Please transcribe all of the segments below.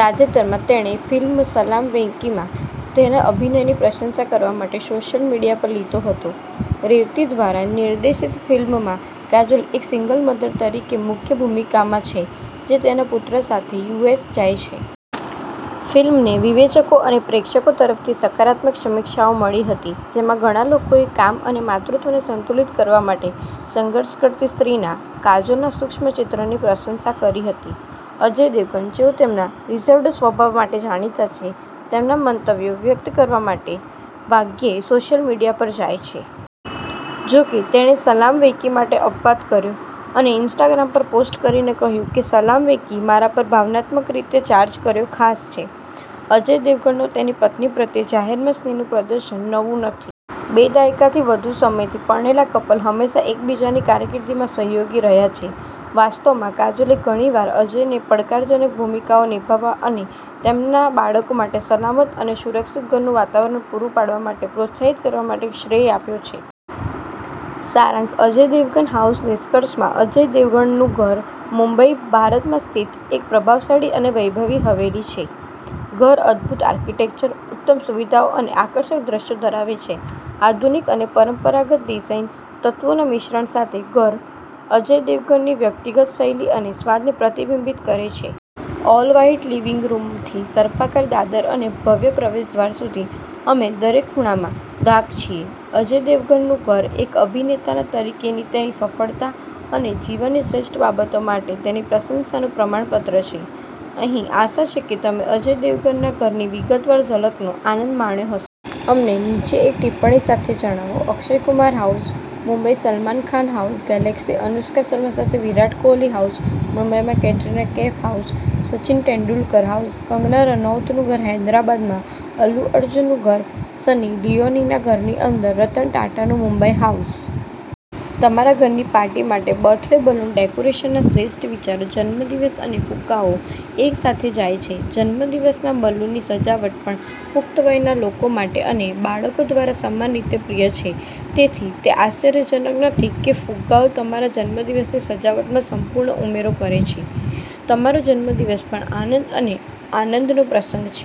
તાજેતરમાં, તેણે ફિલ્મ 'સલામ વેંકી'માં તેના અભિનયની પ્રશંસા કરવા માટે સોશિયલ મીડિયા પર લીધો હતો. રેવતી દ્વારા નિર્દેશિતફિલ્મમાં કાજોલ એક સિંગલ મધર તરીકે મુખ્ય ભૂમિકામાં છે જે તેના પુત્ર સાથે યુએસ જાય છે. ફિલ્મને વિવેચકો અને પ્રેક્ષકો તરફથી સકારાત્મક સમીક્ષાઓ મળી હતી, જેમાં ઘણા લોકોએ કામ અને માતૃત્વને સંતુલિત કરવા માટે સંઘર્ષ કરતી સ્ત્રીના કાજોલના સૂક્ષ્મ ચિત્રણની પ્રશંસા કરી હતી. અજય દેવગણ, જેઓ તેમના રિઝર્વ્ડ સ્વભાવ માટે જાણીતા છે, તેમના મંતવ્યો વ્યક્ત કરવા માટે ભાગ્યેસોશિયલ મીડિયા પર જાય છે. જો કે, તેણે 'સલામ વેંકી' માટે અપવાદ કર્યો, અને ઇન્સ્ટાગ્રામ પર પોસ્ટ કરીને કહ્યું કે "સલામ વેંકીએ મારા પર ભાવનાત્મક રીતે 'ચાર્જ' કર્યો. ખાસ છે. " અજય દેવગણનો તેની પત્ની પ્રત્યે જાહેરમાં સ્નેહનું પ્રદર્શન નવું નથી. બે દાયકાથી વધુ સમયથી પરણેલાકપલ હંમેશા એકબીજાની કારકિર્દીમાં સહયોગી રહ્યા છે. વાસ્તવમાં, કાજોલે ઘણીવાર અજયને પડકારજનક ભૂમિકાઓ નિભાવવા અને તેમના બાળકો માટે સલામત અને સુરક્ષિત ઘરનું વાતાવરણ પૂરું પાડવા માટે પ્રોત્સાહિત કરવા માટે શ્રેય આપ્યો છે. સારાંશઅજય દેવગન હાઉસ નિષ્કર્ષમાં, અજય દેવગણનું ઘર મુંબઈ, ભારતમાં સ્થિત એક પ્રભાવશાળી અને વૈભવી હવેલી છે. ઘર અદભૂત આર્કિટેક્ચર, ઉચ્ચતમ સુવિધાઓ અને આકર્ષક દૃશ્યો ધરાવે છે. આધુનિક અને પરંપરાગત ડિઝાઇન તત્વોના મિશ્રણ સાથે, ઘર અજય દેવગનની વ્યક્તિગત શૈલી અને સ્વાદને પ્રતિબિંબિત કરે છે. ઓલ-વ્હાઇટ લિવિંગ રૂમથી સર્પાકાર દાદર અને ભવ્ય પ્રવેશદ્વાર સુધી, અમે દરેક ખૂણામાં ધાક છીએ. અજય દેવગનનું ઘર એક અભિનેતા તરીકેની તેની સફળતા અને જીવનની શ્રેષ્ઠ બાબતો માટે તેની પ્રશંસાનું પ્રમાણપત્ર છે. અહીં આશા છે કે તમે અજય દેવગનના ઘરની વિગતવાર ઝલકનો આનંદ માણ્યો હશે. અમને નીચે એક ટિપ્પણી સાથે જણાવો. Akshay Kumar house Mumbai Salman Khan house Galaxy Anushka Sharma સાથે વિરાટ કોહલી હાઉસ મુંબઈમાં કેટરિના કૈફ હાઉસ સચિન તેંડુલકર હાઉસ કંગના રનૌતનું ઘર હૈદરાબાદમાં અલ્લુ અર્જુનનું ઘર સની લિયોનીના ઘરની અંદર રતન ટાટાનું મુંબઈ હાઉસ। તમારા ઘરની પાર્ટી માટે બર્થડે બલૂન ડેકોરેશનના શ્રેષ્ઠ વિચારો જન્મદિવસ અને ફુગ્ગાઓ એકસાથે જાય છે. જન્મદિવસના બલૂનની સજાવટ પણ પુખ્ત વયના લોકો અને બાળકો દ્વારા સમાન રીતે પ્રિય છે. તેથી, તે આશ્ચર્યજનક નથી કે ફુગ્ગાઓ તમારા જન્મદિવસની સજાવટમાં સંપૂર્ણ ઉમેરો કરે છે, તમારો જન્મદિવસ પણ આનંદ અને આનંદનો પ્રસંગ છે.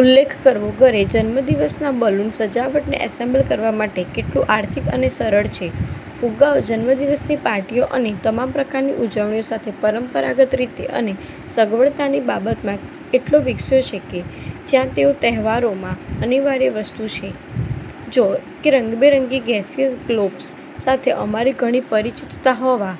ઉલ્લેખકરવો, ઘરે જન્મદિવસના બલૂન સજાવટને એસેમ્બલ કરવા માટે કેટલું આર્થિક અને સરળ છે. ફુગ્ગાઓ જન્મદિવસની પાર્ટીઓ અને તમામ પ્રકારની ઉજવણીઓ સાથે પરંપરાગત રીતે અને સગવડતાની બાબતમાં એટલો વિકસ્યો છે કે જ્યાં તેઓ તહેવારોમાં અનિવાર્ય વસ્તુ છે. જો કે, રંગબેરંગી ગેસિયસ ગ્લોબ્સ સાથે અમારી ઘણી પરિચિતતા હોવા